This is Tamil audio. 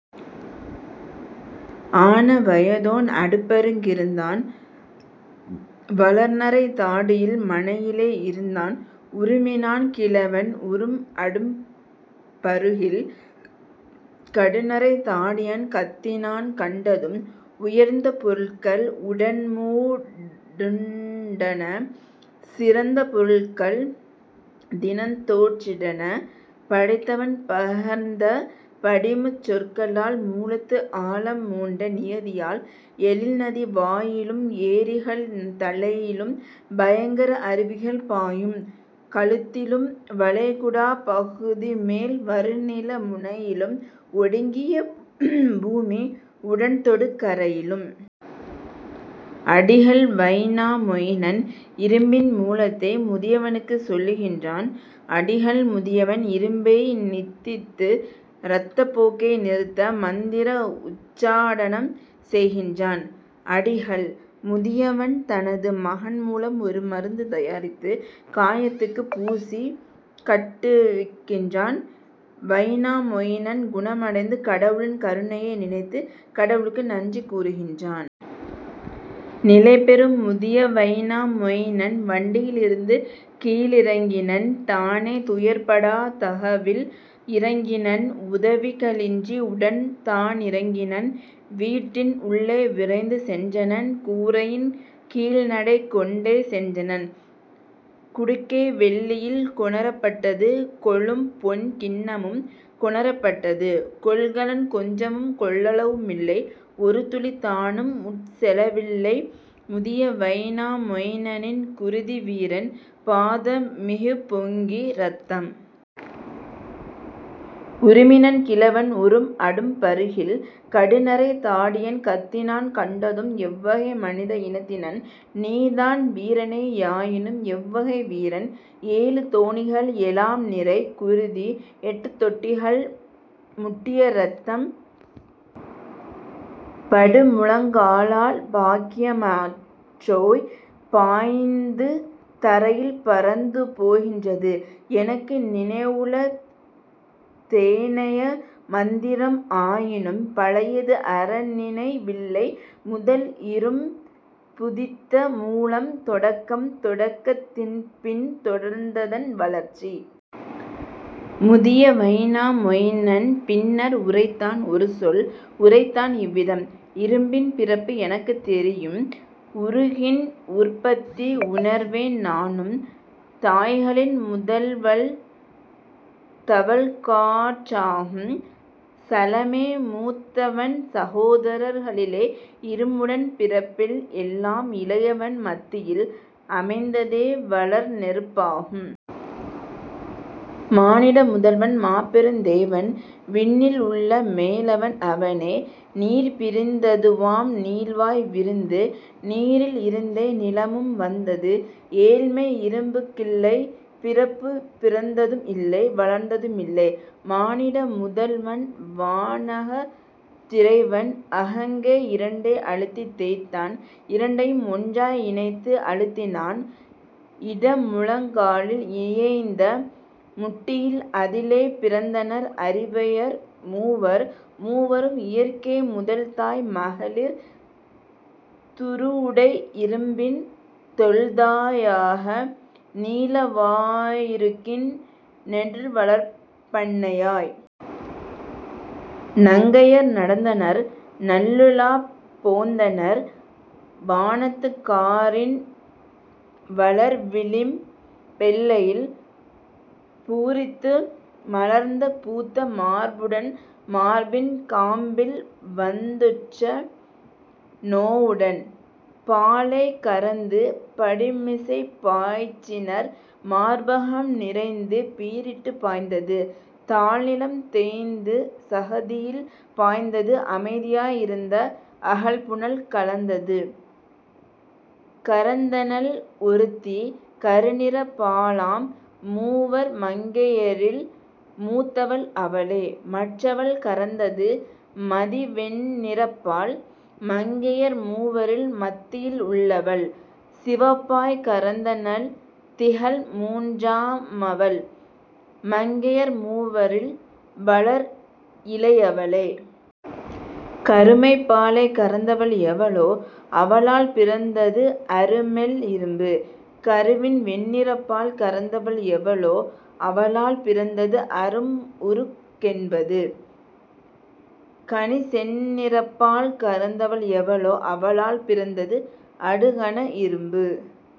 " ஆன வயதோன் அடுப்பரு கிருந்தான் வளர்நரைத் தாடியில் மணையிலே இருந்தான் உறுமினான் கிழவன் உறும்அடுப் பருகில் கடுநரைத் தாடியன் கத்தினான் கண்டதும்: "உயர்ந்த பொருட்கள் உடன்மூ டுண்டன சிறந்த பொருட்கள் தினம்தோற் றிட்டன படைத்தவன் பகர்ந்த படிமுச் சொற்களால் மூலத்து ஆழம் மூண்ட நியதியால்: எழில்நதி வாயிலும் ஏரிகள் தலையிலும் பயங்கர அருவிகள் பாயும் கழுத்திலும் வளைகுடாப் பகுதிமேல் வருநில முனையிலும் ஒடுங்கிய பூமி உடன்தொடு கரையிலும். " அடிகள் வைனாமொயினன் இரும்பின் மூலத்தை முதியவனுக்குச் சொல்லுகிறான். அடிகள்: முதியவன் இரும்பை நிந்தித்து இரத்தப் பெருக்கை நிறுத்த மந்திர உச்சாடனம் செய்கிறான். அடிகள்: முதியவன் தனது மகன் மூலம் ஒரு மருந்து தயாரித்துக் காயத்துக்குப் பூசிக் கட்டுவிக்கிறான். வைனாமொயினன் குணமடைந்து, கடவுளின் கருணையை நினைத்துக் கடவுளுக்கு நன்றி கூறுகிறான். நிலைபெறும் முதிய வைனா மொயினன் வண்டியி லிருந்து வந்துகீ ழிறங்கினன் தானே துயர்ப்படாத் தகவில் இறங்கினன் உதவிக ளின்றி உடன்தா னிறங்கினன் வீட்டின் உள்ளே விரைந்து சென்றனன் கூரையின் கீழ்நடை கொண்டே சென்றனன். குடுக்கை வெள்ளியில் கொணரப் பட்டது கொளும்பொன் கிண்ணமும் கொணரப் பட்டது. கொள்கலன் கொஞ்சமும் கொள்ளவு மில்லை ஒருதுளி தானும் உட்செல வில்லை முதிய வைனா மொயினனின் குருதி வீரன் பாத மிகுபொங் கிரத்தம். உறுமினன் கிழவன் உறும்அடுப் பருகில் கடுநரைத் தாடியன் கத்தினான் கண்டதும்: "எவ்வகை மனித இனத்தினன் நீதான் வீரனே யாயினும் எவ்வகை வீரன்? ஏழு தோணிகள் எலாம்நிறை குருதி எட்டுத் தொட்டிகள் முட்டிய இரத்தம் படுமுழங் காலால் பாக்கிய மற்றோய், பாய்ந்து தரையில் பரந்துபோ கின்றது; எனக்கு நினைவுள தேனைய மந்திரம் ஆயினும் பழையது அறநினை வில்லை முதல்இரும் புதித்த மூலத் தொடக்கம் தொடக்கத் தின்பின் தொடர்ந்ததன் வளர்ச்சி. " முதிய வைனா மொயினன் பின்னர் உரைத்தான் ஒருசொல் உரைத்தான் இவ்விதம்: "இரும்பின் பிறப்பு எனக்குத் தெரியும் உருக்கின்உற் பத்தி உணர்வேன் நானும் தாய்களின் முதலவள் தவழ்காற் றாகும் சலமே மூத்தவன் சகோதரர் களிலே இரும்புடன் பிறப்பில் எல்லாம் இளையவன் மத்தியில் அமைந்ததே வளர்நெருப் பாகும். மானிட முதல்வன், மாபெருந் தேவன், விண்ணில் உள்ள மேலவன் அவனே, நீர்பிரிந் ததுவாம் நீள்வாய் விருந்து நீரில் இருந்தே நிலமும் வந்தது ஏழ்மை இரும்புக் கில்லைப் பிறப்பு பிறந்ததும் இல்லை வளர்ந்ததும் இல்லை. மானிட முதல்வன், வானகத் திறைவன், அகங்கை இரண்டை அழுத்தித் தேய்த்தான் இரண்டையும் ஒன்றாய் இணைத்து அழுத்தினான் இடமுழங் காலில் இயைந்த முட்டியில் அதிலே பிறந்தனர் அரிவையர் மூவர் மூவரும் இயற்கை முதல்தாய் மகளிர் துருவுடை இரும்பின் தொல்தா யாக நீலவா யுருக்கின் நெடுவளர்ப் பன்னையாய். நங்கையர் நடந்தனர் நல்லுலாப் போந்தனர் வானத்துக் காரின் வளர்விளிம் பெல்லையில் பூரித்து மலர்ந்த பூத்த மார்புடன் மார்பின் காம்பில் வந்துற்ற நோவுடன்; பாலைக் கறந்து படிமிசைப் பாய்ச்சினர் மார்பகம் நிறைந்து பீரிட்டுப் பாய்ந்தது; தாழ்நிலம் தோய்ந்து சகதியில் பாய்ந்தது அமைதியாய் இருந்த அகல்புனல் கலந்தது. கறந்தனள் ஒருத்தி கருநிறப் பாலாம் மூவர்மங் கையரில் மூத்தவள் அவளே; மற்றவள் கறந்தது மதிவெண் ணிறப்பால் மங்கையர் மூவரில் மத்தியில் உள்ளவள்; சிவப்பாய் கறந்தனள் திகழ்மூன் றாமவள் மங்கையர் மூவரில் வளர்இளை யவளே. கருமைப் பாலைக் கறந்தவள் எவளோ அவளால் பிறந்தது அருமெல் இரும்பு; கவின்வெண் ணிறப்பால் கறந்தவள் எவளோ அவளால் பிறந்தது அரும்உருக் கென்பது; கனிசெந் நிறப்பால் கறந்தவள் எவளோ அவளால் பிறந்தது அடுகன இரும்பு.